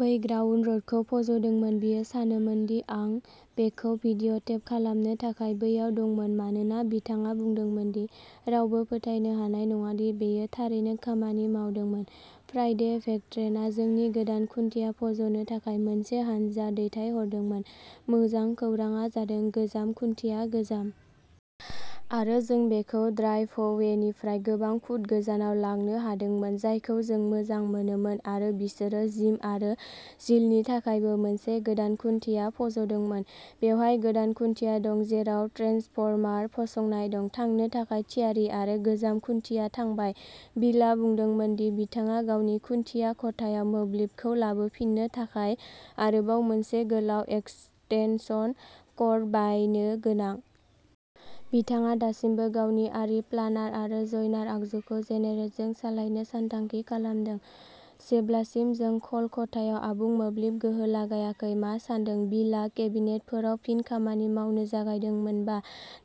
बै ग्राउन्ड रडखौ फज'दोंमोन बियो सानोमोनदि आं बेखौ भिडिअ'टेप खालामनो थाखाय बैयाव दंमोन मानोना बिथाङा बुंदोंमोन दि रावबो फोथायनो हानाय नङा दि बेयो थारैनो खामानि मावदोंमोन फ्राइडे भेक्ट्रेनआ जोंनि गोदान खुन्थिया फज'नो थाखाय मोनसे हानजा दैथायहरदोंमोन मोजां खौरांआ जादों गोजाम खुन्थिया गोजाम! आरो जों बेखौ ड्राइभवेनिफ्राय गोबां फुट गोजानाव लांनो हादोंमोन जायखौ जों मोजां मोनोमोन आरो बिसोरो जिम आरो जिलनि थाखायबो मोनसे गोदान खुन्थिया फज'दोंमोन बेवहाय गोदान खुन्थिया दं जेराव ट्रेन्सफर्मार फसंनाय दं थांनो थाखाय थियारि आरो गोजाम खुन्थिया थांबाय बिलआ बुंदोंमोन दि बिथाङा गावनि खुन्थिया खथायाव मोब्लिबखौ लाबोफिन्नो थाखाय आरोबाव मोनसे गोलाव एक्सटेनसन कर्ड बायनो गोनां। बिथाङा दासिमबो गावनि आरी प्लानार आरो ज'यनार आगजुखौ जेनेरेटरजों सालायनो सानथांखि खालामदों जेब्लासिम जों ख'ल खथायाव आबुं मोब्लिब गोहो लागायाखै मा सान्दों बिलआ केबिनेटफोराव फिन खामानि मावनो जागायदोंमोन बा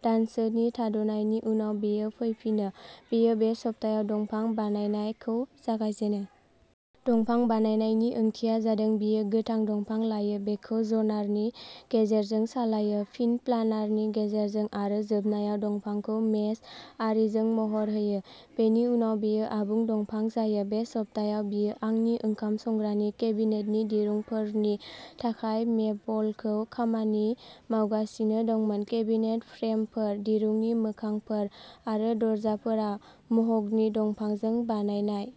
दानसोनि थाद'नायनि उनाव बियो फैफिनो बियो बे सप्तायाव दंफां बानायनाय खौ जागायजेनो। दंफां बानायनाय नि ओंथिया जादों बियो गोथां दंफां लायो बेखौ ज'नारनि गेजेरजों सालायो फिन प्लानारनि गेजेरजों आरो जोबनायाव दंफांखौ मेज आरीजों महर होयो। बेनि उनाव बेयो आबुं दंफां जायो। बे सप्तायाव बियो आंनि ओंखाम संग्रानि केबिनेटनि दिरुंफोरनि थाखाय मेपलखौ खामानि मावगासिनो दंमोन केबिनेट फ्रेमफोर दिरुंनि मोखांफोर आरो दरजाफोरा मह'गनि दंफांजों बानायनाय।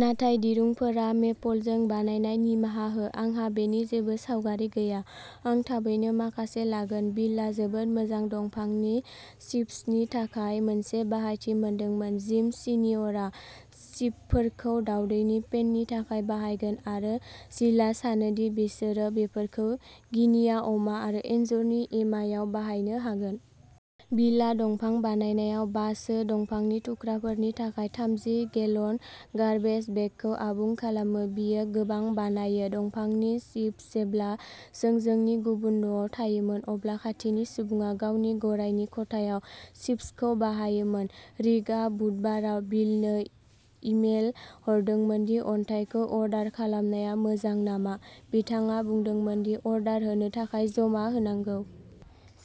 नाथाय दिरुंफोरा मेपलजों बानायनाय निमाहा हो आंहा बेनि जेबो सावगारि गैया आं थाबैनो माखासे लागोन बिलआ जोबोद मोजां दंफांनि चिप्सनि थाखाय मोनसे बाहायथि मोनदोंमोन जिम सिनिअरआ चिपफोरखौ दावदैनि पेननि थाखाय बाहायगोन आरो जिलआ सानो दि बिसोरो बेफोरखौ गिनिया अमा आरो एन्जरनि एमायाव बाहायनो हागोन। बिलआ दंफां बानायनायाव बा सो दंफांनि थुख्राफोरनि थाखाय थामजि गेलन गार्बेज बेगखौ आबुं खालामो। बियो गोबां बानायो दंफांनि चिप्स जेब्ला जों जोंनि गुबुन न'आव थायोमोन अब्ला खाथिनि सुबुङा गावनि गरायनि खथायाव चिप्सखौ बाहायोमोन रिकआ बुधबाराव बिलनो इमेल हरदोंमोन दि अन्थाइखौ अर्डार खालामनाया मोजां नामा बिथाङा बुंदोंमोन दि अर्डार होनो थाखाय जमा होनांगौ।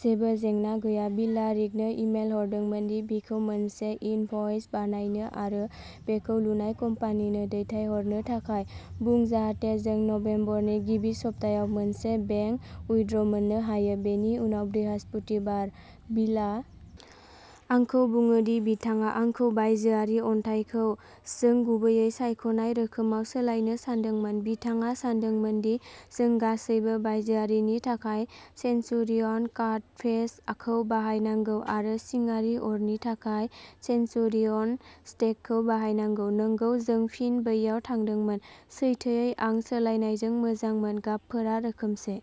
जेबो जेंना गैया बिलआ रिकनो इमेल हरदोंमोन दि बिखौ मोनसे इनभ'इस बानायनो आरो बेखौ लुनाय कम्पानिनो दैथायहरनो थाखाय बुं जाहाथे जों नबेम्बरनि गिबि सप्तायाव मोनसे बेंक उयड्र' मोननो हायो। बेनि उनाव बृहस्पतिबार बिलआ आंखौ बुङो दि बिथाङा आंखौ बायजोआरि अन्थाइखौ जों गुबैयै सायख'नाय रोखोमाव सोलायनो सानदोंमोन बिथाङा सानदोंमोन दि जों गासैबो बायजोआरि नि थाखाय सेन्चुरियन काटफेस खौ बाहायनांगौ आरो सिंआरि अरनि थाखाय सेन्चुरियन स्टेक खौ बाहायनांगौ नंगौ जों फिन बैयाव थांदोंमोन सैथोयै आं सोलायनायजों मोजांमोन गाबफोरा रोखोमसे।